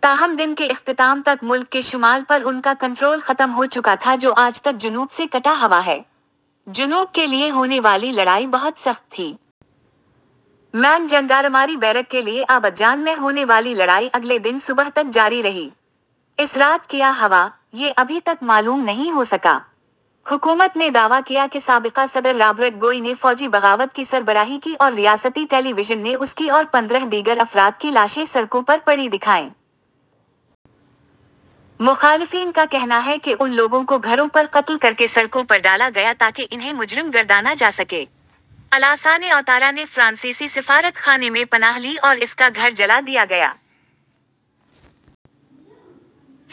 تاہم دن کے اختتام تک ملک کے شمال پر ان کا کنٹرول ختم ہو چکا تھا جو آج تک جنوب سے کٹا ہوا ہے۔ جنوب کے لیے ہونے والی لڑائی بہت سخت تھی۔ مین جینڈارماری بیرک کے لیے عابدجان میں ہونے والی لڑائی اگلے دن صبح تک جاری رہی۔ اس رات کیا ہوا، یہ ابھی تک معلوم نہیں ہو سکا۔ حکومت نے دعویٰ کیا کہ سابقہ صدر رابرٹ گوئی نے فوجی بغاوت کی سربراہی کی اور ریاستی ٹی وی نے اس کی اور پندرہ دیگر افراد کی لاشیں سڑکوں پر پڑی دکھائیں۔ مخالفین کا کہنا ہے کہ ان لوگوں کو گھروں پر قتل کرکے سڑکوں پرڈالا گیا تاکہ انھیں مجرم گردانا جا سکے۔ الاسانے اوتارا نے فرانسیسی سفارت خانے میں پناہ لی اور اس کا گھر جلا دیا گیا۔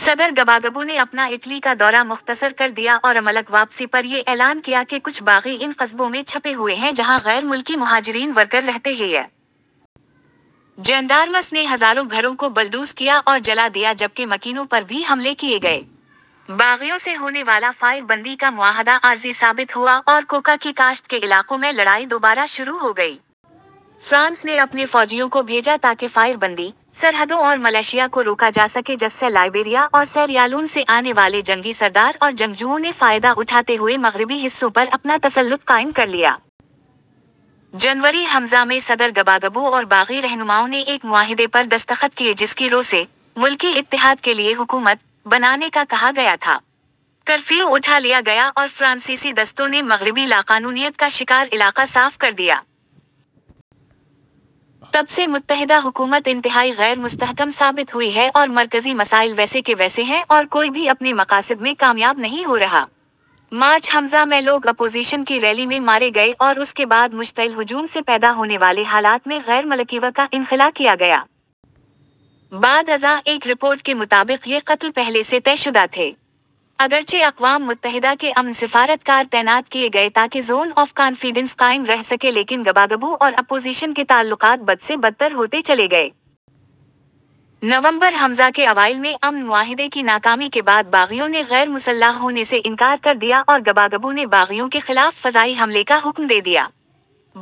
صدر گباگبو نے اپنا اٹلی کا دورہ مختصر کر دیا اورملک واپسی پر یہ اعلان کیا کہ کچھ باغی ان قصبوں میں چھپے ہوئے ہیں جہاں غیر ملکی مہاجرین ورکر رہتے ہ یں۔ جینڈآرمس نے ہزاروں گھروں کو بلڈوز کیا اور جلا دیا جبکہ مکینوں پر بھی حملے کیے گئے۔ باغیوں سے ہونے والا فائر بندی کا معاہدہ عارضی ثابت ہوا اور کوکا کی کاشت کے علاقوں میں لڑائی دوبارہ شروع ہو گئی۔ فرانس نے اپنے فوجیوں کو بھیجا تاکہ فائر بندی، سرحدوں اور ملیشیا کو روکا جا سکے جسسے لائبیریا اور سیریالون سے آنے والے جنگی سردار اور جنگجوؤں نے فائدہ اٹھاتے ہوئے مغربی حصوں پر اپنا تسلط قائم کر لیا۔ جنوری ء میں صدر گباگبو اور باغی رہنماؤں نے ایک معاہدے پر دستخط کیے جس کی رو سے "ملکی اتحاد کے لیے حکومت" بنانے کا کہا گیا تھا۔ کرفیو اٹھا لیا گیا اور فرانسیسی دستوں نے مغربی لاقانونیت کا شکار علاقہ صاف کر دیا۔ تب سے متحدہ حکومت انتہائی غیر مستحکم ثابت ہوئی ہے اور مرکزی مسائل ویسے کے ویسے ہیں اور کوئی بھی اپنے مقاصد میں کامیاب نہیں ہو رہا۔ مارچ ء میں لوگ اپوزیشن کی ریلی میں مارے گئے اور اس کے بعد مشتعل ہجوم سے پیدا ہونے والے حالات میں غیر ملکیوں کا انخلا کیا گیا۔ بعد ازاں ایک رپورٹ کے مطابق یہ قتل پہلے سے طے شدہ تھے۔ اگرچہ اقوام متحدہ کے امن سفارت کار تعینات کیے گئے تاکہ زون آف کانفیڈنس قائم رہ سکے لیکن گباگبو اور اپوزیشن کے تعلقات بد سے بدتر ہوتے چلے گئے۔ نومبر ء کے اوائل میں امن معاہدے کی ناکامی کے بعد باغیوں نے غیر مسلح ہونے سے انکار کر دیا اور گباگبو نے باغیوں کے خلاف فضائی حملے کا حکم دے دیا۔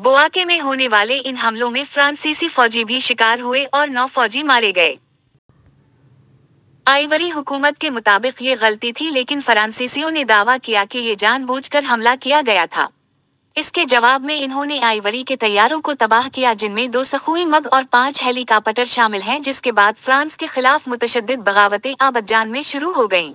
بوآکے میں ہونے والے ان حملوں میں فرانسیسی فوجی بھی شکار ہوئے اور نو فوجی مارے گئے۔ آئیوری حکومت کے مطابق یہ غلطی تھی لیکن فرانسیسیوں نے دعویٰ کیا کہ یہ جان بوجھ کر حملہ کیا گیا تھا۔ اس کے جواب میں انھوں نے آئیوری کے طیاروں کو تباہ کیا جن میں دو سخوئی مگ اور پانچ ہیلی کاپٹر شامل ہیں جس کے بعد فرانس کے خلاف متشدد بغاوتیں عابدجان میں شروع ہو گئیں۔